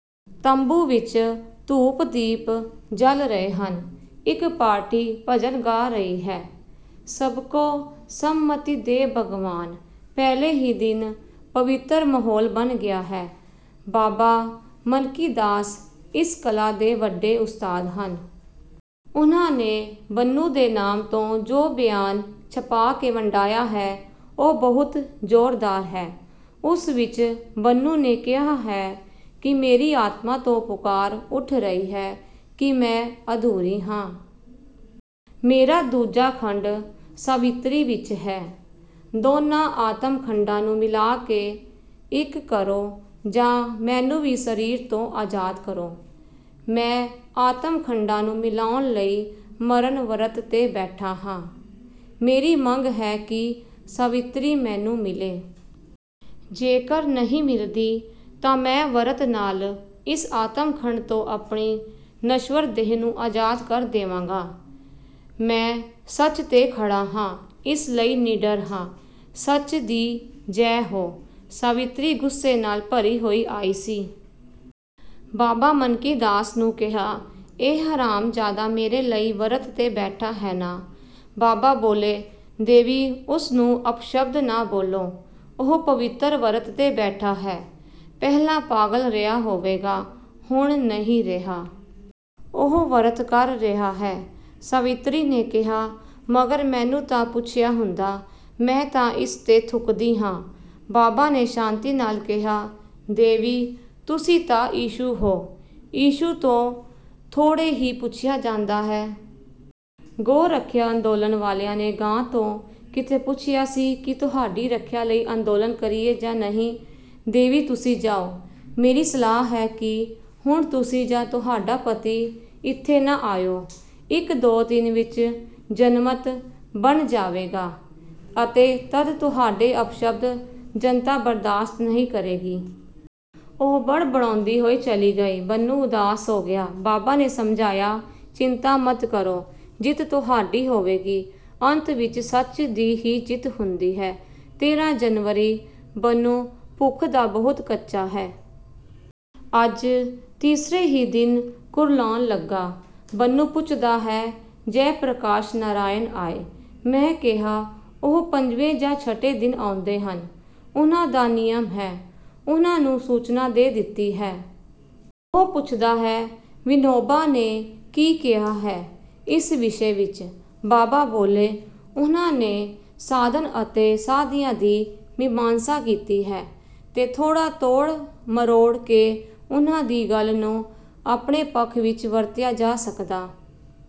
ਤੰਬੂ ਵਿੱਚ ਧੂਪ -ਦੀਪ ਜਲ ਰਹੇ ਹਨ। ਇੱਕ ਪਾਰਟੀ ਭਜਨ ਗਾ ਰਹੀ ਹੈ । ਸਭ ਕੋ ਸੰਮਤੀ ਦੇ ਭਗਵਾਨ! ਪਹਿਲੇ ਹੀ ਦਿਨ ਪਵਿਤਰ ਮਾਹੌਲ ਬਣ ਗਿਆ ਹੈ। ਬਾਬਾ ਸਨਕੀਦਾਸ ਇਸ ਕਲਾ ਦੇ ਵੱਡੇ ਉਸਤਾਦ ਹਨ। ਉਨ੍ਹਾਂ ਨੇ ਬੰਨੂ ਦੇ ਨਾਮ ਤੋਂ ਜੋ ਬਿਆਨ ਛਪਾ ਕੇ ਵੰਡਾਇਆ ਹੈ, ਉਹ ਬਹੁਤ ਜੋਰਦਾਰ ਹੈ। ਉਸ ਵਿੱਚ ਬੰਨੂ ਨੇ ਕਿਹਾ ਹੈ ਕਿ ਮੇਰੀ ਆਤਮਾ ਤੋਂ ਪੁਕਾਰ ਉਠ ਰਹੀ ਹੈ ਕਿ ਮੈਂ ਅਧੂਰੀ ਹਾਂ। ਮੇਰਾ ਦੂਜਾ ਖੰਡ ਸਾਵਿਤਰੀ ਵਿੱਚ ਹੈ। ਦੋਨਾਂ ਆਤਮ ਖੰਡਾਂ ਨੂੰ ਮਿਲਾਕੇ ਇੱਕ ਕਰੋ ਜਾਂ ਮੈਨੂੰ ਵੀ ਸਰੀਰ ਤੋਂ ਅਜ਼ਾਦ ਕਰੋ। ਮੈਂ ਆਤਮ -ਖੰਡਾਂ ਨੂੰ ਮਿਲਾਉਣ ਲਈ ਮਰਨ ਵਰਤ ਤੇ ਬੈਠਾ ਹਾਂ। ਮੇਰੀ ਮੰਗ ਹੈ ਕਿ ਸਾਵਿਤਰੀ ਮੈਨੂੰ ਮਿਲੇ। ਜੇਕਰ ਨਹੀਂ ਮਿਲਦੀ ਤਾਂ ਮੈਂ ਵਰਤ ਨਾਲ ਇਸ ਆਤਮ -ਖੰਡ ਤੋਂ ਆਪਣੀ ਨਸ਼ਵਰ ਦੇਹ ਨੂੰ ਅਜ਼ਾਦ ਕਰ ਦੇਵਾਂਗਾ। ਮੈਂ ਸੱਚ ਤੇ ਖੜਾ ਹਾਂ, ਇਸ ਲਈ ਨਿਡਰ ਹਾਂ। ਸੱਚ ਦੀ ਜੈ ਹੋ! ਸਾਵਿਤਰੀ ਗ਼ੁੱਸੇ ਨਾਲ ਭਰੀ ਹੋਈ ਆਈ ਸੀ। ਬਾਬਾ ਸਨਕੀਦਾਸ ਨੂੰ ਕਿਹਾ, "ਇਹ ਹਰਾਮਜਾਦਾ ਮੇਰੇ ਲਈ ਵਰਤ ਤੇ ਬੈਠਾ ਹੈ ਨਾ? " ਬਾਬਾ ਬੋਲੇ, "ਦੇਵੀ, ਉਸਨੂੰ ਅਪਸ਼ਬਦ ਨਾ ਬੋਲੋ । ਉਹ ਪਵਿਤਰ ਵਰਤ ਤੇ ਬੈਠਾ ਹੈ। ਪਹਿਲਾਂ ਪਾਗਲ ਰਿਹਾ ਹੋਵੇਗਾ। ਹੁਣ ਨਹੀਂ ਰਿਹਾ। ਉਹ ਵਰਤ ਕਰ ਰਿਹਾ ਹੈ। " ਸਾਵਿਤਰੀ ਨੇ ਕਿਹਾ, "ਮਗਰ ਮੈਨੂੰ ਤਾਂ ਪੁੱਛਿਆ ਹੁੰਦਾ। ਮੈਂ ਤਾਂ ਇਸ ਤੇ ਥੁਕਦੀ ਹਾਂ। " ਬਾਬਾ ਨੇ ਸ਼ਾਂਤੀ ਨਾਲ ਕਿਹਾ, "ਦੇਵੀ, ਤੁਸੀਂ ਤਾਂ ਇਸ਼ੂ ਹੋ। ਇਸ਼ੂ ਤੋਂ ਥੋੜ੍ਹੇ ਹੀ ਪੁੱਛਿਆ ਜਾਂਦਾ ਹੈ। ਗੋਰੱਖਿਆ ਅੰਦੋਲਨ ਵਾਲਿਆਂ ਨੇ ਗਾਂ ਤੋਂ ਕਿੱਥੇ ਪੁੱਛਿਆ ਸੀ ਕਿ ਤੁਹਾਡੀ ਰੱਖਿਆ ਲਈ ਅੰਦੋਲਨ ਕਰੀਏ ਜਾਂ ਨਹੀਂ। ਦੇਵੀ, ਤੁਸੀਂ ਜਾਉ। ਮੇਰੀ ਸਲਾਹ ਹੈ ਕਿ ਹੁਣ ਤੁਸੀਂ ਜਾਂ ਤੁਹਾਡਾ ਪਤੀ ਇੱਥੇ ਨਾ ਆਇਉ। ਇੱਕ-ਦੋ ਦਿਨ ਵਿੱਚ ਜਨਮਤ ਬਣ ਜਾਵੇਗਾ ਅਤੇ ਤੱਦ ਤੁਹਾਡੇ ਅਪਸ਼ਬਦ ਜਨਤਾ ਬਰਦਾਸ਼ਤ ਨਹੀਂ ਕਰੇਗੀ। " ਉਹ ਬੜਬੜਾਉਂਦੀ ਹੋਈ ਚੱਲੀ ਗਈ। ਬੰਨੂ ਉਦਾਸ ਹੋ ਗਿਆ। ਬਾਬਾ ਨੇ ਸਮਝਾਇਆ, "ਚਿੰਤਾ ਮਤ ਕਰੋ। ਜਿੱਤ ਤੁਹਾਡੀ ਹੋਵੇਗੀ। ਅੰਤ ਵਿੱਚ ਸੱਚ ਦੀ ਹੀ ਜਿੱਤ ਹੁੰਦੀ ਹੈ। ਤੇਰ੍ਹਾਂ ਜਨਵਰੀ ਬੰਨੂ ਭੁੱਖ ਦਾ ਬਹੁਤ ਕੱਚਾ ਹੈ। ਅੱਜ ਤੀਸਰੇ ਹੀ ਦਿਨ ਕੁਰਲਾਉਣ ਲਗਾ। ਬੰਨੂ ਪੁੱਛਦਾ ਹੈ, "ਜੈ ਪ੍ਰਕਾਸ਼ ਨਰਾਇਣ ਆਏ? " ਮੈਂ ਕਿਹਾ, "ਉਹ ਪੰਜਵੇਂ ਜਾਂ ਛਠੇ ਦਿਨ ਆਉਂਦੇ ਹਨ। ਉਨ੍ਹਾਂ ਦਾ ਨਿਯਮ ਹੈ। ਉਨ੍ਹਾਂ ਨੂੰ ਸੂਚਨਾ ਦੇ ਦਿੱਤੀ ਹੈ। " ਉਹ ਪੁੱਛਦਾ ਹੈ, "ਵਿਨੋਬਾ ਨੇ ਕੀ ਕਿਹਾ ਹੈ ਇਸ ਵਿਸ਼ੇ ਵਿੱਚ? " ਬਾਬਾ ਬੋਲੇ, "ਉਨ੍ਹਾਂ ਨੇ ਸਾਧਨ ਅਤੇ ਸਾਧਿਆ ਦੀ ਮੀਮਾਂਸਾ ਕੀਤੀ ਹੈ, ਤੇ ਥੋੜ੍ਹਾ ਤੋੜ ਮਰੋੜ ਕੇ ਉਨ੍ਹਾਂ ਦੀ ਗੱਲ ਨੂੰ ਆਪਣੇ ਪੱਖ ਵਿੱਚ ਵਰਤਿਆ ਜਾ ਸਕਦਾ।